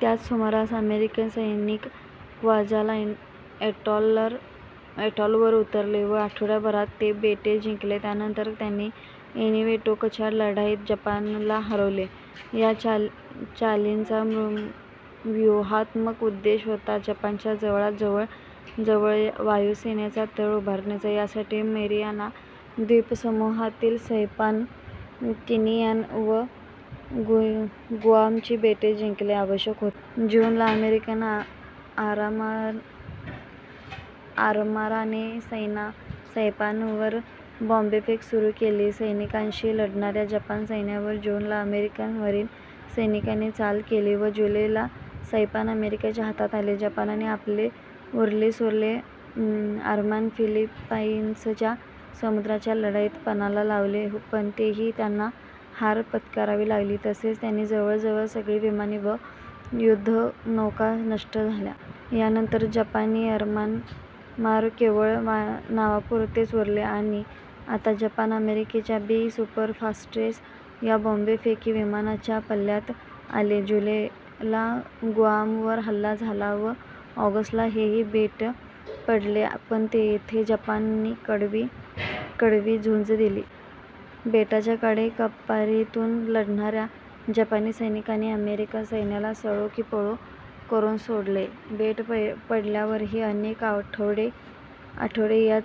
त्याच सुमारास अमेरिकन सैनिक क्वाजालाइन एटॉलवर उतरले व आठवड्याभरात ते बेट जिंकले. त्यानंतर त्यांनी एनिवेटोकच्या लढाईत जपानला हरवले. या चालींचा व्यूहात्मक उद्देश होता जपानच्या जवळातजवळ वायुसेनेचा तळ उभारण्याचा. यासाठी मेरियाना द्वीपसमूहातील सैपान, तिनियान व गुआमची बेटे जिंकणे आवश्यक होते. जून ला अमेरिकन आरमाराने सैपानवर बॉम्बफेक सुरू केली. सैनिकांनीशी लढणाऱ्या जपानी सैन्यावर जून ला अमेरिकन मरीन सैनिकांनी चाल केली व जुलै ला सैपान अमेरिकेच्या हातात आले. जपानने आपले उरलेसुरले आरमार फिलिपाईन्सच्या समुद्राच्या लढाईत पणाला लावले पण तेथेही त्यांना हार पत्करावी लागली तसेच त्यांची जवळजवळ सगळी विमाने व युद्धनौका नष्ट झाल्या. यानंतर जपानी आरमार केवळ नावापुरतेच उरले आणि आता जपान अमेरिकेच्या बी. सुपरफोर्ट्रेस या बॉम्बफेकी विमानांच्या पल्ल्यात आले. जुलै ला गुआमवर हल्ला झाला व ऑगस्ट ला हेही बेट पडले पण येथे जपान्यांनी कडवी झुंज दिली. बेटाच्या कडे-कपारींतून लढणाऱ्या जपानी सैनिकांनी अमेरिकन सैन्याला सळो की पळो करून सोडले. बेट पडल्यावरही अनेक आठवडे या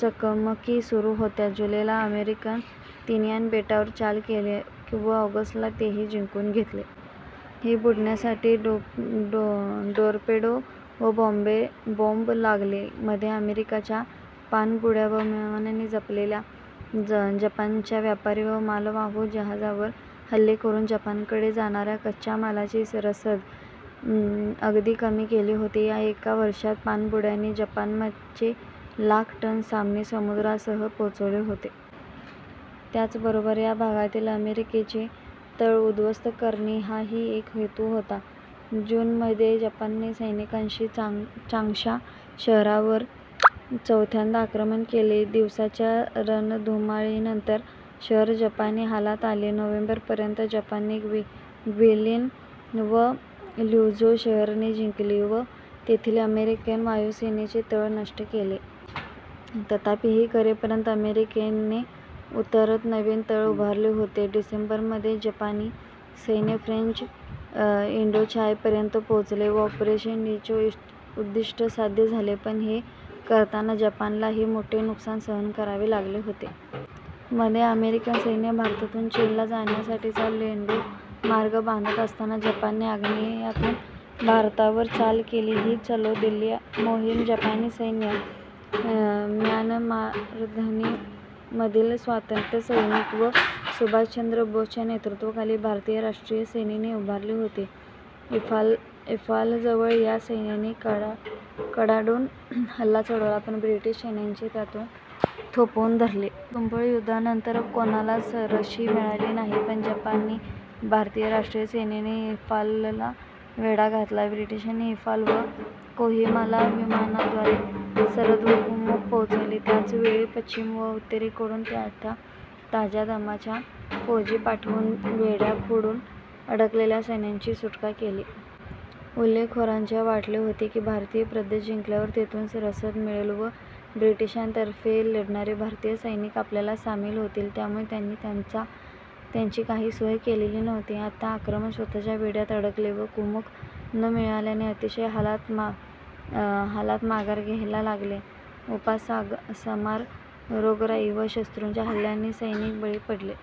चकमकी सुरू होत्या. जुलै ला अमेरिकेने तिनियान बेटावर चाल केली व ऑगस्ट ला ते जिंकून घेतले. ही बुडवण्यासाठी टोरपेडो व बॉम्ब लागले. मध्ये अमेरिकेच्या पाणबुड्या व विमानांनी जपानच्या व्यापारी व मालवाहू जहाजांवर हल्ले करून जपानकडे जाणाऱ्या कच्च्या मालाची रसद अगदी कमी केली होती. या एका वर्षात पाणबुड्यांनी जपानचे लाख टन सामान समुद्रतळास पोचवले होते. त्याचबरोबर या भागातील अमेरिकेचे तळ उद्ध्वस्त करणे हाही एक हेतु होता. जून मध्ये जपानने सैनिकांनिशी चांग्शा शहरावर चौथ्यांदा आक्रमण केले. दिवसांच्या रणधुमाळीनंतर शहर जपानी हातात आले. नोव्हेंबर पर्यंत जपानने ग्विलिन व ल्युझू शहरेही जिंकली व तेथील अमेरिकन वायुसेनेचे तळ नष्ट केले. तथापि हे करेपर्यंत अमेरिकेने उतरत्त नवीन तळ उभारले होते. डिसेंबर मध्ये जपानी सैन्य फ्रेंच इंडोचायना पर्यंत पोचले व ऑपरेशन इचिगोचे उद्दिष्ट साध्य झाले पण हे करताना जपानलाही मोठे नुकसान सहन करावे लागले होते. मध्ये अमेरिकन सैन्य भारतातून चीनला जाण्यासाठीचा लेडो मार्ग बांधत असताना जपानने आग्नेयेतून भारतावर चाल केली. ही चलो दिल्ली मोहीम जपानी सैन्य, म्यानमारमधील स्वातंत्र्यसैनिक व सुभाषचंद्र बोसच्या नेतृत्वाखालील भारतीय राष्ट्रीय सेनेने उभारली होती. इंफालजवळ या सैन्याने कडाडून हल्ला चढवला पण ब्रिटिश सैन्याने त्यांना थोपवून धरले. तुंबळ युद्धानंतर कोणालाच सरशी मिळाली नाही पण जपानी/भारतीय राष्ट्रीय सेनेने इंफालला वेढा घातला. ब्रिटिशांनी इंफाल व कोहिमाला विमानाद्वारे रसद व कुमक पोचवली. त्याचवेळी पश्चिम व उत्तरेकडून ताज्या दमाच्या फौजा पाठवून वेढा फोडून अडकलेल्या सैन्याची सुटका केली. हल्लेखोरांना वाटले होते की भारतीय प्रदेश जिंकल्यावर तेथूनच रसद मिळेल व ब्रिटिशांतर्फे लढणारे भारतीय सैनिक आपल्याला सामील होतील, त्यामुळे त्यांनी त्याची काही सोय केलेली नव्हती. आता आक्रमक स्वतःच वेढ्यात अडकले व कुमक न मिळाल्याने अतिशय हालात माघार घ्यालला लागले. उपासमार, रोगराई व शत्रूच्या हल्ल्यांना सैनिक बळी पडले.